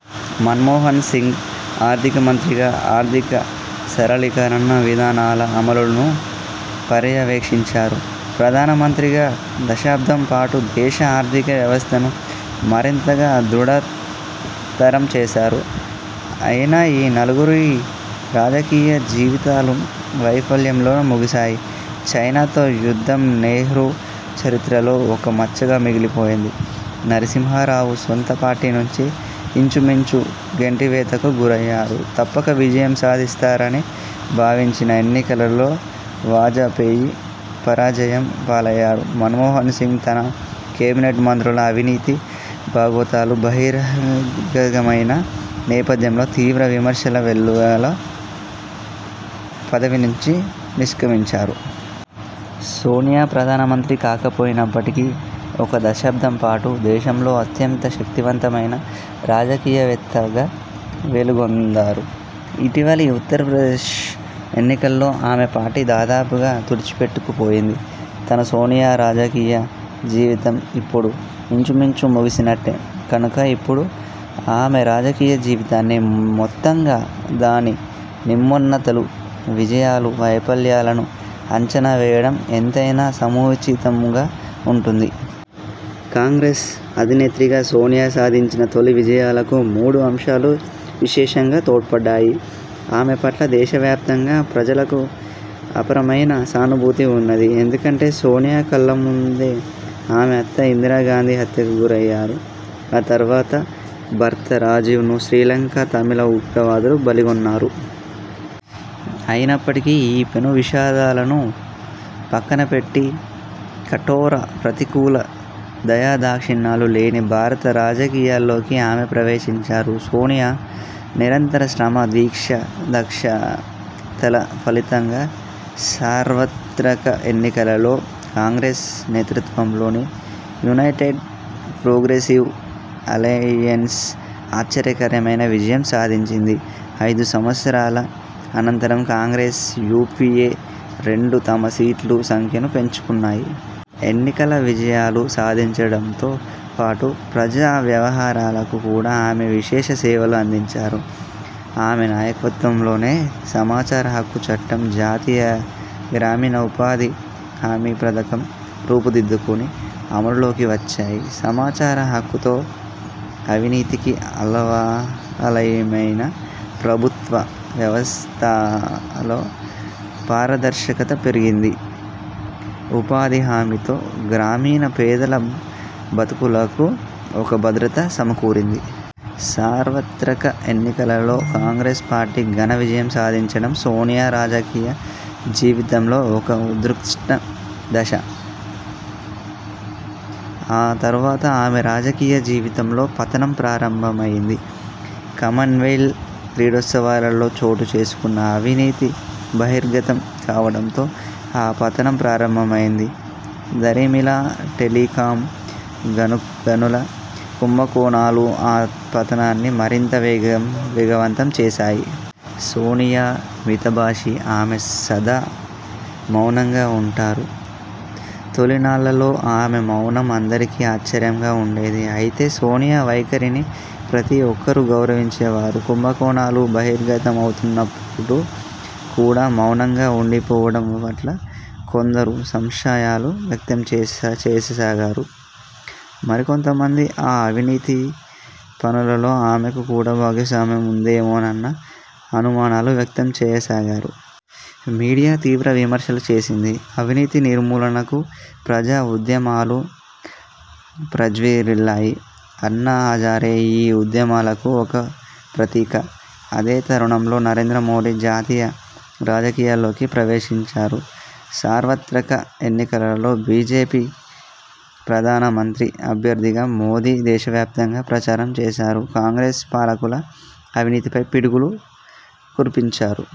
మన్మోహన్ సింగ్ ఆర్థిక మంత్రిగా ఆర్థిక సరళీకరణ విధానాల అమలును పర్యవేక్షించారు. ప్రధానమంత్రిగా దశాబ్దం పాటు దేశ ఆర్థిక వ్యవస్థను మరింతగా దృఢతరం చేశారు. అయినా ఈ నలుగురి రాజకీయ జీవితాలూ వైఫల్యంలో ముగిసాయి. చైనాతో యుద్ధం నెహ్రూ చరిత్రలో ఒక మచ్చగా మిగిలిపోయింది; నరసింహారావు సొంత పార్టీ నుంచే ఇంచుమించు గెంటివేతకు గురయ్యారు; తప్పక విజయం సాధిస్తారని భావించిన ఎన్నికలలో వాజపేయి పరాజయం పాలయ్యారు; మన్మోహన్ సింగ్, తన కేబినెట్ మంత్రుల అవినీతి బాగోతాలు బహిర్గతమయిన నేపథ్యంలో తీవ్ర విమర్శల వెల్లువలో పదవినుంచి నిష్ర్కమించారు. సోనియా ప్రధానమంత్రి కాకపోయినప్పటికీ ఒక దశాబ్దం పాటు దేశంలో అత్యంత శక్తిమంతమైన రాజకీయవేత్తగా వెలుగొందారు. ఇటీవలి ఉత్తరప్రదేశ్ ఎన్నికల్లో ఆమె పార్టీ దాదాపుగా తుడిచిపెట్టుకు పోయింది. తాను, సోనియా రాజకీయ జీవితం ఇప్పుడు ఇంచుమించు ముగిసినట్టే. కనుక ఇప్పుడు ఆమె రాజకీయ జీవితాన్ని మొత్తంగా దాని నిమ్నోన్నతాలు, విజయాలూ వైఫల్యాలను అంచనా వేయడం ఎంతైనా సముచితంగా ఉంటుంది. కాంగ్రెస్ అధినేత్రిగా సోనియా సాధించిన తొలి విజయాలకు మూడు అంశాలు విశేషంగా తోడ్పడ్డాయి. ఆమె పట్ల దేశవ్యాప్తంగా ప్రజలకు అపారమైన సానుభూతి వున్నది. ఎందుకంటే సోనియా కళ్ళ ముందే ఆమె అత్త ఇందిరాగాంధీ హత్యకు గురయ్యారు. ఆ తరువాత భర్త రాజీవ్ను శ్రీలంక తమిళ ఉగ్రవాదులు బలిగొన్నారు. అయినప్పటికీ ఈ పెను విషాదాలను పక్కన పెట్టి కఠోర, ప్రతికూల దయాదాక్షిణ్యాలు లేని భారత రాజకీయాలలోకి ఆమె ప్రవేశించారు. సోనియా నిరంతర శ్రమ, దీక్షా దక్షతల ఫలితంగా సార్వత్రక ఎన్నికలలో కాంగ్రెస్ నేతృత్వంలోని యునైటెడ్ ప్రోగ్రెసివ్ అలయెన్స్ ఆశ్చర్యకరమైన విజయం సాధించింది. ఐదు సంవత్సరాల అనంతరం కాంగ్రెస్, యూపీఏ రెండూ తమ సీట్ల సంఖ్యను పెంచుకున్నాయి. ఎన్నికల విజయాలు సాధించడంతో పాటు ప్రజా వ్యవహారాలకు కూడా ఆమె విశేష సేవలు అందించారు. ఆమె నాయకత్వంలోనే సమచార హక్కు చట్టం, జాతీయ గ్రామీణ ఉపాధి హామీ పథకం రూపు దిద్దుకుని అమలులోకి వచ్చాయి. సమాచారహక్కుతో, అవినీతికి ఆలవాలమైన ప్రభుత్వ వ్యవస్థలో పారదర్శకత పెరిగింది. ఉపాధి హామీతో గ్రామీణ పేదల బతుకులకు ఒక భద్రత సమకూరింది. సార్వత్రక ఎన్నికలలో కాంగ్రెస్ పార్టీ ఘన విజయం సాధించడం సోనియా రాజకీయ జీవితంలో ఒక ఉత్కృష్ట దశ. ఆ తరువాత ఆమె రాజకీయ జీవితంలో పతనం ప్రారంభమయింది. కామన్వెల్త్ క్రీడోత్సవాలలో చోటుచేసుక్ను అవినీతి బహిర్గతం కావడంతో ఆ పతనం ప్రారంభమయింది. దరిమిలా టెలికామ్, గనుల కుంభకోణాలు ఆ పతనాన్ని మరింత వేగవంతం చేశాయి. సోనియా మితభాషి. ఆమె సదా మౌనంగా వుంటారు. తొలినాళ్ళలో ఆమె మౌనం అందరికీ ఆశ్చర్యంగా వుండేది. అయితే సోనియా వైఖరిని ప్రతి ఒక్కరూ గౌరవించేవారు. కుంభకోణాలు బహిర్గతమవుతున్నప్పుడు కూడా మౌనంగా వుండిపోవడం పట్ల కొందరు సంశయాలు వ్యక్తంచేయసాగారు. మరికొంత మంది ఆ అవినీతి పనులలో ఆమెకు కూడా భాగస్వామ్యం వుందేమోనన్న అనుమానాలు వ్యక్తం చేయసాగారు. మీడియా తీవ్ర విమర్శలు చేసింది. అవినీతి నిర్మూలనకు ప్రజా ఉద్యమాలు ప్రజ్వరిల్లాయి. అన్నా హజారే ఈ ఉద్యమాలకు ఒక ప్రతీక. అదే తరుణంలో నరేంద్ర మోదీ జాతీయ రాజకీయాలలోకి ప్రవేశించారు. సార్వత్రక ఎన్నికలలో బీజేపీ ప్రధానమంత్రి అభ్యర్థిగా మోదీ దేశవ్యాప్తంగా ప్రచారం చేశారు. కాంగ్రెస్ పాలకుల అవినీతిపై పిడుగులు కురిపించారు.